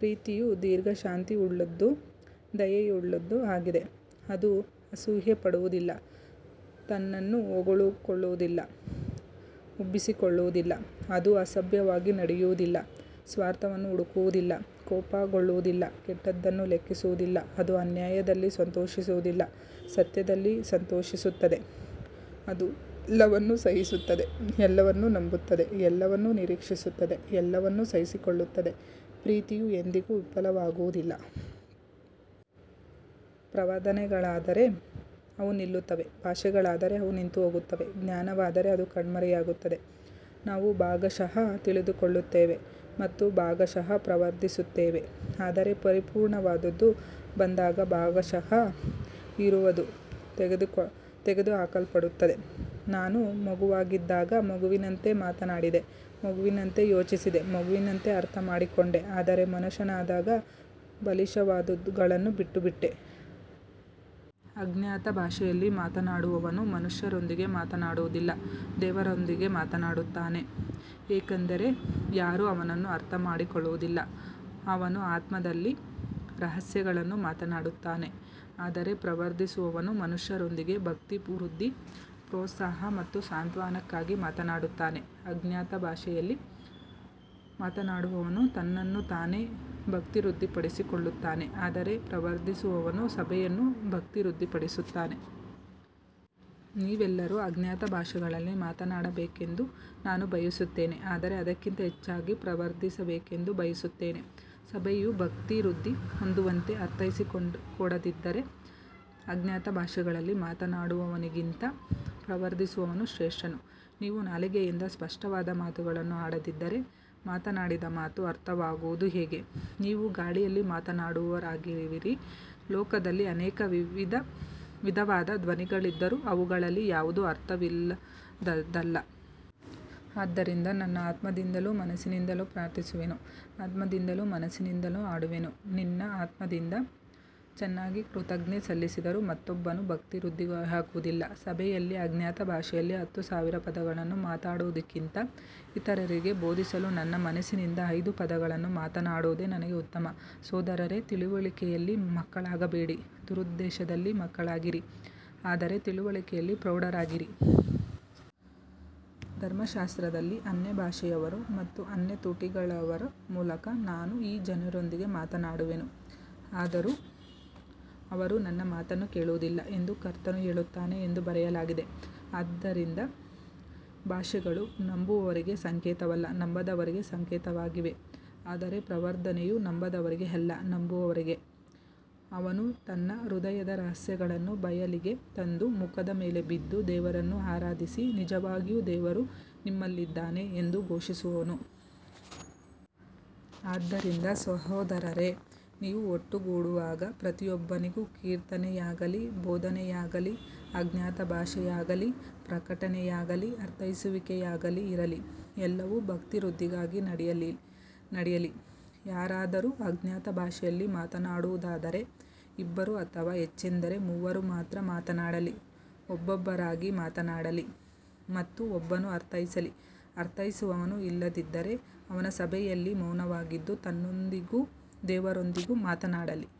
ಪ್ರೀತಿಯು ದೀರ್ಘಶಾಂತಿಯುಳ್ಳದ್ದೂ ದಯೆಯುಳ್ಳದ್ದೂ ಆಗಿದೆ, ಅದು ಅಸೂಯೆಪಡುವುದಿಲ್ಲ, ತನ್ನನ್ನು ಹೊಗಳಿಕೊಳ್ಳುವುದಿಲ್ಲ, ಉಬ್ಬಿಕೊಳ್ಳುವುದಿಲ್ಲ. ಅದು ಅಸಭ್ಯವಾಗಿ ನಡೆಯುವುದಿಲ್ಲ, ಸ್ವಾರ್ಥವನ್ನು ಹುಡುಕುವುದಿಲ್ಲ, ಕೋಪಗೊಳ್ಳುವುದಿಲ್ಲ, ಕೆಟ್ಟದ್ದನ್ನು ಲೆಕ್ಕಿಸುವುದಿಲ್ಲ. ಅದು ಅನ್ಯಾಯದಲ್ಲಿ ಸಂತೋಷಿಸುವುದಿಲ್ಲ, ಸತ್ಯದಲ್ಲಿ ಸಂತೋಷಿಸುತ್ತದೆ. ಅದು ಎಲ್ಲವನ್ನೂ ಸಹಿಸುತ್ತದೆ, ಎಲ್ಲವನ್ನೂ ನಂಬುತ್ತದೆ, ಎಲ್ಲವನ್ನೂ ನಿರೀಕ್ಷಿಸುತ್ತದೆ, ಎಲ್ಲವನ್ನೂ ಸಹಿಸಿಕೊಳ್ಳುತ್ತದೆ. ಪ್ರೀತಿಯು ಎಂದಿಗೂ ವಿಫಲವಾಗುವುದಿಲ್ಲ. ಪ್ರವಾದನೆಗಳಾದರೆ ಅವು ನಿಲ್ಲುತ್ತವೆ, ಭಾಷೆಗಳಾದರೆ ಅವು ನಿಂತುಹೋಗುತ್ತವೆ, ಜ್ಞಾನವಾದರೆ ಅದು ಕಣ್ಮರೆಯಾಗುತ್ತದೆ. ನಾವು ಭಾಗಶಃ ತಿಳಿದುಕೊಳ್ಳುತ್ತೇವೆ ಮತ್ತು ಭಾಗಶಃ ಪ್ರವಾದಿಸುತ್ತೇವೆ, ಆದರೆ ಪರಿಪೂರ್ಣವಾದದ್ದು ಬಂದಾಗ ಭಾಗಶಃ ಇರುವದು ತೆಗೆದುಹಾಕಲ್ಪಡುತ್ತದೆ. ನಾನು ಮಗುವಾಗಿದ್ದಾಗ ಮಗುವಿನಂತೆ ಮಾತನಾಡಿದೆ, ಮಗುವಿನಂತೆ ಯೋಚಿಸಿದೆ, ಮಗುವಿನಂತೆ ಅರ್ಥಮಾಡಿಕೊಂಡೆ, ಆದರೆ ಮನುಷ್ಯನಾದಾಗ ಬಾಲಿಶವಾದವುಗಳನ್ನು ಬಿಟ್ಟುಬಿಟ್ಟೆ. ಅಜ್ಞಾತ ಭಾಷೆಯಲ್ಲಿ ಮಾತನಾಡುವವನು ಮನುಷ್ಯರೊಂದಿಗೆ ಮಾತನಾಡುವುದಿಲ್ಲ, ದೇವರೊಂದಿಗೆ ಮಾತನಾಡುತ್ತಾನೆ, ಏಕೆಂದರೆ ಯಾರೂ ಅವನನ್ನು ಅರ್ಥಮಾಡಿಕೊಳ್ಳುವುದಿಲ್ಲ, ಅವನು ಆತ್ಮದಲ್ಲಿ ರಹಸ್ಯಗಳನ್ನು ಮಾತನಾಡುತ್ತಾನೆ. ಆದರೆ ಪ್ರವಾದಿಸುವವನು ಮನುಷ್ಯರೊಂದಿಗೆ ಭಕ್ತಿವೃದ್ಧಿ, ಪ್ರೋತ್ಸಾಹ ಮತ್ತು ಸಾಂತ್ವನಕ್ಕಾಗಿ ಮಾತನಾಡುತ್ತಾನೆ. ಅಜ್ಞಾತ ಭಾಷೆಯಲ್ಲಿ ಮಾತನಾಡುವವನು ತನ್ನನ್ನು ತಾನೇ ಭಕ್ತಿವೃದ್ಧಿಪಡಿಸಿಕೊಳ್ಳುತ್ತಾನೆ, ಆದರೆ ಪ್ರವಾದಿಸುವವನು ಸಭೆಯನ್ನು ಭಕ್ತಿವೃದ್ಧಿಪಡಿಸುತ್ತಾನೆ. ನೀವೆಲ್ಲರೂ ಅಜ್ಞಾತ ಭಾಷೆಗಳಲ್ಲಿ ಮಾತನಾಡಬೇಕೆಂದು ನಾನು ಬಯಸುತ್ತೇನೆ, ಆದರೆ ಅದಕ್ಕಿಂತ ಹೆಚ್ಚಾಗಿ ಪ್ರವಾದಿಸಬೇಕೆಂದು ಬಯಸುತ್ತೇನೆ. ಸಭೆಯು ಭಕ್ತಿವೃದ್ಧಿ ಹೊಂದುವಂತೆ ಅರ್ಥೈಸಿಕೊಡದಿದ್ದರೆ ಅಜ್ಞಾತ ಭಾಷೆಗಳಲ್ಲಿ ಮಾತನಾಡುವವನಿಗಿಂತ ಪ್ರವಾದಿಸುವವನು ಶ್ರೇಷ್ಠನು. ನೀವು ನಾಲಿಗೆಯಿಂದ ಸ್ಪಷ್ಟವಾದ ಮಾತುಗಳನ್ನು ಆಡದಿದ್ದರೆ ಮಾತನಾಡಿದ ಮಾತು ಅರ್ಥವಾಗುವುದು ಹೇಗೆ. ನೀವು ಗಾಳಿಯಲ್ಲಿ ಮಾತನಾಡುವವರಾಗುವಿರಿ. ಲೋಕದಲ್ಲಿ ಅನೇಕ ವಿಧದ ಧ್ವನಿಗಳಿದ್ದರೂ ಅವುಗಳಲ್ಲಿ ಯಾವುದೂ ಅರ್ಥವಿಲ್ಲದದ್ದಲ್ಲ. ಆದ್ದರಿಂದ ನಾನು ಆತ್ಮದಿಂದಲೂ ಮನಸ್ಸಿನಿಂದಲೂ ಪ್ರಾರ್ಥಿಸುವೆನು, ಆತ್ಮದಿಂದಲೂ ಮನಸ್ಸಿನಿಂದಲೂ ಹಾಡುವೆನು. ನೀನು ಆತ್ಮದಿಂದ ಚೆನ್ನಾಗಿ ಕೃತಜ್ಞತೆ ಸಲ್ಲಿಸಿದರೂ ಮತ್ತೊಬ್ಬನು ಭಕ್ತಿವೃದ್ಧಿಯಾಗುವುದಿಲ್ಲ. ಸಭೆಯಲ್ಲಿ ಅಜ್ಞಾತ ಭಾಷೆಯಲ್ಲಿ ಹತ್ತು ಸಾವಿರ ಪದಗಳನ್ನು ಮಾತನಾಡುವುದಕ್ಕಿಂತ, ಇತರರಿಗೆ ಬೋಧಿಸಲು ನನ್ನ ಮನಸ್ಸಿನಿಂದ ಐದು ಪದಗಳನ್ನು ಮಾತನಾಡುವುದೇ ನನಗೆ ಉತ್ತಮ. ಸಹೋದರರೇ, ತಿಳುವಳಿಕೆಯಲ್ಲಿ ಮಕ್ಕಳಾಗಬೇಡಿ, ದುರುದ್ದೇಶದಲ್ಲಿ ಮಕ್ಕಳಾಗಿರಿ, ಆದರೆ ತಿಳುವಳಿಕೆಯಲ್ಲಿ ಪ್ರೌಢರಾಗಿರಿ. ಧರ್ಮಶಾಸ್ತ್ರದಲ್ಲಿ, ಅನ್ಯಭಾಷೆಯವರ ಮತ್ತು ಅನ್ಯ ತುಟಿಗಳವರ ಮೂಲಕ ನಾನು ಈ ಜನರೊಂದಿಗೆ ಮಾತನಾಡುವೆನು, ಆದರೂ ಅವರು ನನ್ನ ಮಾತನ್ನು ಕೇಳುವುದಿಲ್ಲ ಎಂದು ಕರ್ತನು ಹೇಳುತ್ತಾನೆ ಎಂದು ಬರೆಯಲಾಗಿದೆ. ಆದ್ದರಿಂದ ಭಾಷೆಗಳು ನಂಬುವವರಿಗೆ ಸಂಕೇತವಲ್ಲ, ನಂಬದವರಿಗೆ ಸಂಕೇತವಾಗಿವೆ, ಆದರೆ ಪ್ರವಾದನೆಯು ನಂಬದವರಿಗೆ ಅಲ್ಲ, ನಂಬುವವರಿಗೆ. ಅವನು ತನ್ನ ಹೃದಯದ ರಹಸ್ಯಗಳನ್ನು ಬಯಲಿಗೆ ತಂದು, ಮುಖದ ಮೇಲೆ ಬಿದ್ದು ದೇವರನ್ನು ಆರಾಧಿಸಿ, ನಿಜವಾಗಿಯೂ ದೇವರು ನಿಮ್ಮಲ್ಲಿದ್ದಾನೆ ಎಂದು ಘೋಷಿಸುವನು. ಆದ್ದರಿಂದ ಸಹೋದರರೇ, ನೀವು ಒಟ್ಟುಗೂಡುವಾಗ ಪ್ರತಿಯೊಬ್ಬನಿಗೂ ಕೀರ್ತನೆಯಾಗಲಿ, ಬೋಧನೆಯಾಗಲಿ, ಅಜ್ಞಾತ ಭಾಷೆಯಾಗಲಿ, ಪ್ರಕಟನೆಯಾಗಲಿ, ಅರ್ಥೈಸುವಿಕೆಯಾಗಲಿ ಇರಲಿ. ಎಲ್ಲವೂ ಭಕ್ತಿವೃದ್ಧಿಗಾಗಿ ನಡೆಯಲಿ. ಯಾರಾದರೂ ಅಜ್ಞಾತ ಭಾಷೆಯಲ್ಲಿ ಮಾತನಾಡುವುದಾದರೆ ಇಬ್ಬರು ಅಥವಾ ಹೆಚ್ಚೆಂದರೆ ಮೂವರು ಮಾತ್ರ ಮಾತನಾಡಲಿ, ಒಬ್ಬೊಬ್ಬರಾಗಿ ಮಾತನಾಡಲಿ ಮತ್ತು ಒಬ್ಬನು ಅರ್ಥೈಸಲಿ. ಅರ್ಥೈಸುವವನು ಇಲ್ಲದಿದ್ದರೆ ಅವನು ಸಭೆಯಲ್ಲಿ ಮೌನವಾಗಿದ್ದು, ತನ್ನೊಂದಿಗೂ ದೇವರೊಂದಿಗೂ ಮಾತನಾಡಲಿ.